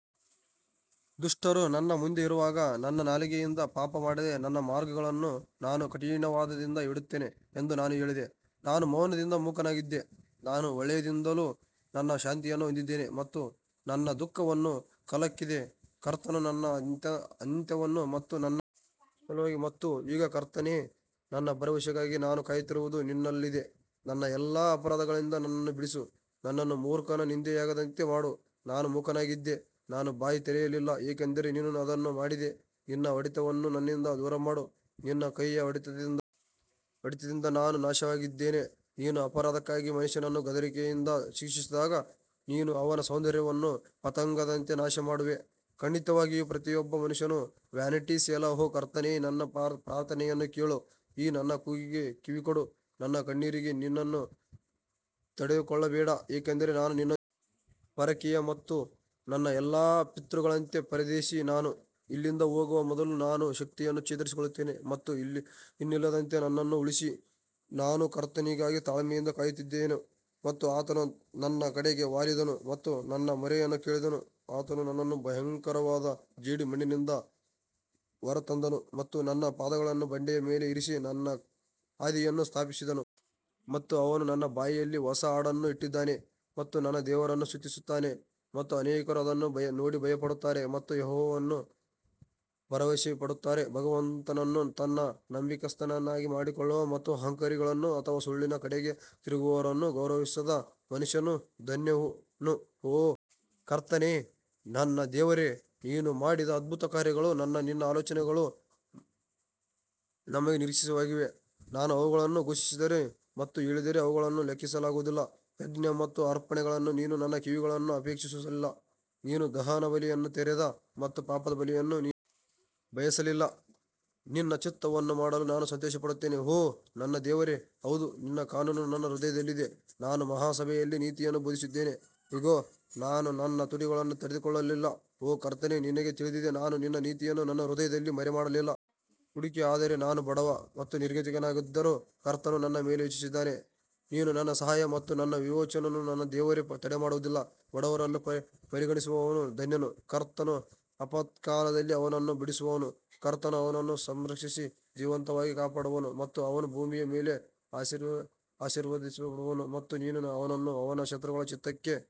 ದುಷ್ಟರು ನನ್ನ ಮುಂದೆ ಇರುವಾಗ ನನ್ನ ನಾಲಿಗೆಯಿಂದ ಪಾಪ ಮಾಡದೆ ನನ್ನ ಮಾರ್ಗಗಳನ್ನು ನಾನು ಕಡಿವಾಣದಿಂದ ಇಡುತ್ತೇನೆ ಎಂದು ನಾನು ಹೇಳಿದೆ ನಾನು ಮೌನದಿಂದ ಮೂಕನಾಗಿದ್ದೆ, ನಾನು ಒಳ್ಳೆಯದಿಂದಲೂ ನನ್ನ ಶಾಂತಿಯನ್ನು ಹೊಂದಿದ್ದೇನೆ ಮತ್ತು ನನ್ನ ದುಃಖವನ್ನು ಕಲಕಿದೆ ಕರ್ತನು ನನ್ನ ಅಂತ್ಯವನ್ನು ಮತ್ತು ನನ್ನ ಮತ್ತು ಈಗ ಕರ್ತನೇ, ನನ್ನ ಭರವಸೆಗಾಗಿ ನಾನು ಕಾಯುತ್ತಿರುವುದು ನಿನ್ನಲ್ಲಿದೆ ನನ್ನ ಎಲ್ಲಾ ಅಪರಾಧಗಳಿಂದ ನನ್ನನ್ನು ಬಿಡಿಸು, ನನ್ನನ್ನು ಮೂರ್ಖನ ನಿಂದೆಯಾಗದಂತೆ ಮಾಡು ನಾನು ಮೂಕನಾಗಿದ್ದೆ ನಾನು ಬಾಯಿ ತೆರೆಯಲಿಲ್ಲ ಏಕೆಂದರೆ ನೀನು ಅದನ್ನು ಮಾಡಿದೆ ನಿನ್ನ ಹೊಡೆತವನ್ನು ನನ್ನಿಂದ ದೂರಮಾಡು ನಿನ್ನ ಕೈಯ ಹೊಡೆತದಿಂದ ನಾನು ನಾಶವಾಗಿದ್ದೇನೆ ನೀನು ಅಪರಾಧಕ್ಕಾಗಿ ಮನುಷ್ಯನನ್ನು ಗದರಿಕೆಯಿಂದ ಶಿಕ್ಷಿಸಿದಾಗ ನೀನು ಅವನ ಸೌಂದರ್ಯವನ್ನು ಪತಂಗದಂತೆ ನಾಶಮಾಡುವೆ, ಖಂಡಿತವಾಗಿಯೂ ಪ್ರತಿಯೊಬ್ಬ ಮನುಷ್ಯನು ವ್ಯಾನಿಟಿ ಸೆಲಾ ಓ ಕರ್ತನೇ ನನ್ನ ಪ್ರಾರ್ಥನೆಯನ್ನು ಕೇಳು ಮತ್ತು ನನ್ನ ಕೂಗಿಗೆ ಕಿವಿಗೊಡು ನನ್ನ ಕಣ್ಣೀರಿಗೆ ನಿನ್ನನ್ನು ತಡೆದುಕೊಳ್ಳಬೇಡ ಏಕೆಂದರೆ ನಾನು ನಿನ್ನೊಂದಿಗೆ ಪರಕೀಯ ಮತ್ತು ನನ್ನ ಎಲ್ಲಾ ಪಿತೃಗಳಂತೆ ಪರದೇಶಿ ನಾನು ಇಲ್ಲಿಂದ ಹೋಗುವ ಮೊದಲು ನಾನು ಶಕ್ತಿಯನ್ನು ಚೇತರಿಸಿಕೊಳ್ಳುತ್ತೇನೆ ಮತ್ತು ಇನ್ನಿಲ್ಲದಂತೆ ನನ್ನನ್ನು ಉಳಿಸಿ ನಾನು ಕರ್ತನಿಗಾಗಿ ತಾಳ್ಮೆಯಿಂದ ಕಾಯುತ್ತಿದ್ದೆನು ಮತ್ತು ಆತನು ನನ್ನ ಕಡೆಗೆ ವಾಲಿದನು ಮತ್ತು ನನ್ನ ಮೊರೆಯನ್ನು ಕೇಳಿದನು ಆತನು ನನ್ನನ್ನು ಭಯಂಕರವಾದ ಜೇಡಿಮಣ್ಣಿನಿಂದ ಹೊರತಂದನು ಮತ್ತು ನನ್ನ ಪಾದಗಳನ್ನು ಬಂಡೆಯ ಮೇಲೆ ಇರಿಸಿ ನನ್ನ ಹಾದಿಯನ್ನು ಸ್ಥಾಪಿಸಿದನು. ಮತ್ತು ಅವನು ನನ್ನ ಬಾಯಲ್ಲಿ ಹೊಸ ಹಾಡನ್ನು ಇಟ್ಟಿದ್ದಾನೆ ಮತ್ತು ನಮ್ಮ ದೇವರನ್ನು ಸ್ತುತಿಸುತ್ತಾನೆ ಮತ್ತು ಅನೇಕರು ಅದನ್ನು ನೋಡಿ ಭಯಪಡುತ್ತಾರೆ ಮತ್ತು ಯೆಹೋವನಲ್ಲಿ ಭರವಸೆಯಿಡುತ್ತಾರೆ. ಭಗವಂತನನ್ನು ತನ್ನ ನಂಬಿಗಸ್ತನನ್ನಾಗಿ ಮಾಡಿಕೊಳ್ಳುವ ಮತ್ತು ಅಹಂಕಾರಿಗಳನ್ನು ಅಥವಾ ಸುಳ್ಳಿನ ಕಡೆಗೆ ತಿರುಗುವವರನ್ನು ಗೌರವಿಸದ ಮನುಷ್ಯನು ಧನ್ಯನು ಓ ಕರ್ತನೇ, ನನ್ನ ದೇವರೇ, ನೀನು ಮಾಡಿದ ಅದ್ಭುತ ಕಾರ್ಯಗಳು ಮತ್ತು ನಿನ್ನ ಆಲೋಚನೆಗಳು ನಮಗೆ ನಿರೀಕ್ಷಿತವಾಗಿವೆ, ನಾನು ಅವುಗಳನ್ನು ಘೋಷಿಸಿದರೆ ಮತ್ತು ಹೇಳಿದರೆ ಅವುಗಳನ್ನು ಲೆಕ್ಕಿಸಲಾಗುವುದಿಲ್ಲ ಯಜ್ಞ ಮತ್ತು ಅರ್ಪಣೆಗಳನ್ನು ನೀನು ನನ್ನ ಕಿವಿಗಳನ್ನು ಅಪೇಕ್ಷಿಸಲಿಲ್ಲ, ನೀನು ದಹನಬಲಿಯನ್ನು ತೆರೆದೆ ಮತ್ತು ಪಾಪದ ಬಲಿಯನ್ನು ನೀನು ಬಯಸಲಿಲ್ಲ ನಿನ್ನ ಚಿತ್ತವನ್ನು ಮಾಡಲು ನಾನು ಸಂತೋಷಪಡುತ್ತೇನೆ ಓ ನನ್ನ ದೇವರೇ ಹೌದು ನಿನ್ನ ಕಾನೂನು ನನ್ನ ಹೃದಯದಲ್ಲಿದೆ ನಾನು ಮಹಾಸಭೆಯಲ್ಲಿ ನೀತಿಯನ್ನು ಬೋಧಿಸಿದ್ದೇನೆ ಇಗೋ ನಾನು ನನ್ನ ತುಟಿಗಳನ್ನು ತಡೆದುಕೊಳ್ಳಲಿಲ್ಲ ಓ ಕರ್ತನೇ ನಿನಗೆ ತಿಳಿದಿದೆ ನಾನು ನಿನ್ನ ನೀತಿಯನ್ನು ನನ್ನ ಹೃದಯದಲ್ಲಿ ಮರೆಮಾಡಲಿಲ್ಲ, ಆದರೆ ನಾನು ಬಡವ ಮತ್ತು ನಿರ್ಗತಿಕನಾಗಿದ್ದರೂ ಕರ್ತನು ನನ್ನ ಮೇಲೆ ಯೋಚಿಸುತ್ತಾನೆ ನೀನು ನನ್ನ ಸಹಾಯ ಮತ್ತು ನನ್ನ ವಿಮೋಚಕನು ನನ್ನ ದೇವರೇ ತಡಮಾಡುವುದಿಲ್ಲ ಬಡವರನ್ನು ಪರಿಗಣಿಸುವವನು ಧನ್ಯನು, ಕರ್ತನು ಆಪತ್ಕಾಲದಲ್ಲಿ ಅವನನ್ನು ಬಿಡಿಸುವನು ಕರ್ತನು ಅವನನ್ನು ಸಂರಕ್ಷಿಸಿ ಜೀವಂತವಾಗಿ ಕಾಪಾಡುವನು ಮತ್ತು ಅವನು ಭೂಮಿಯ ಮೇಲೆ ಆಶೀರ್ವದಿಸಲ್ಪಡುವನು ಮತ್ತು ನೀನು ಅವನನ್ನು ಅವನ ಶತ್ರುಗಳ ಚಿತ್ತಕ್ಕೆ ಒಪ್ಪಿಸುವುದಿಲ್ಲ.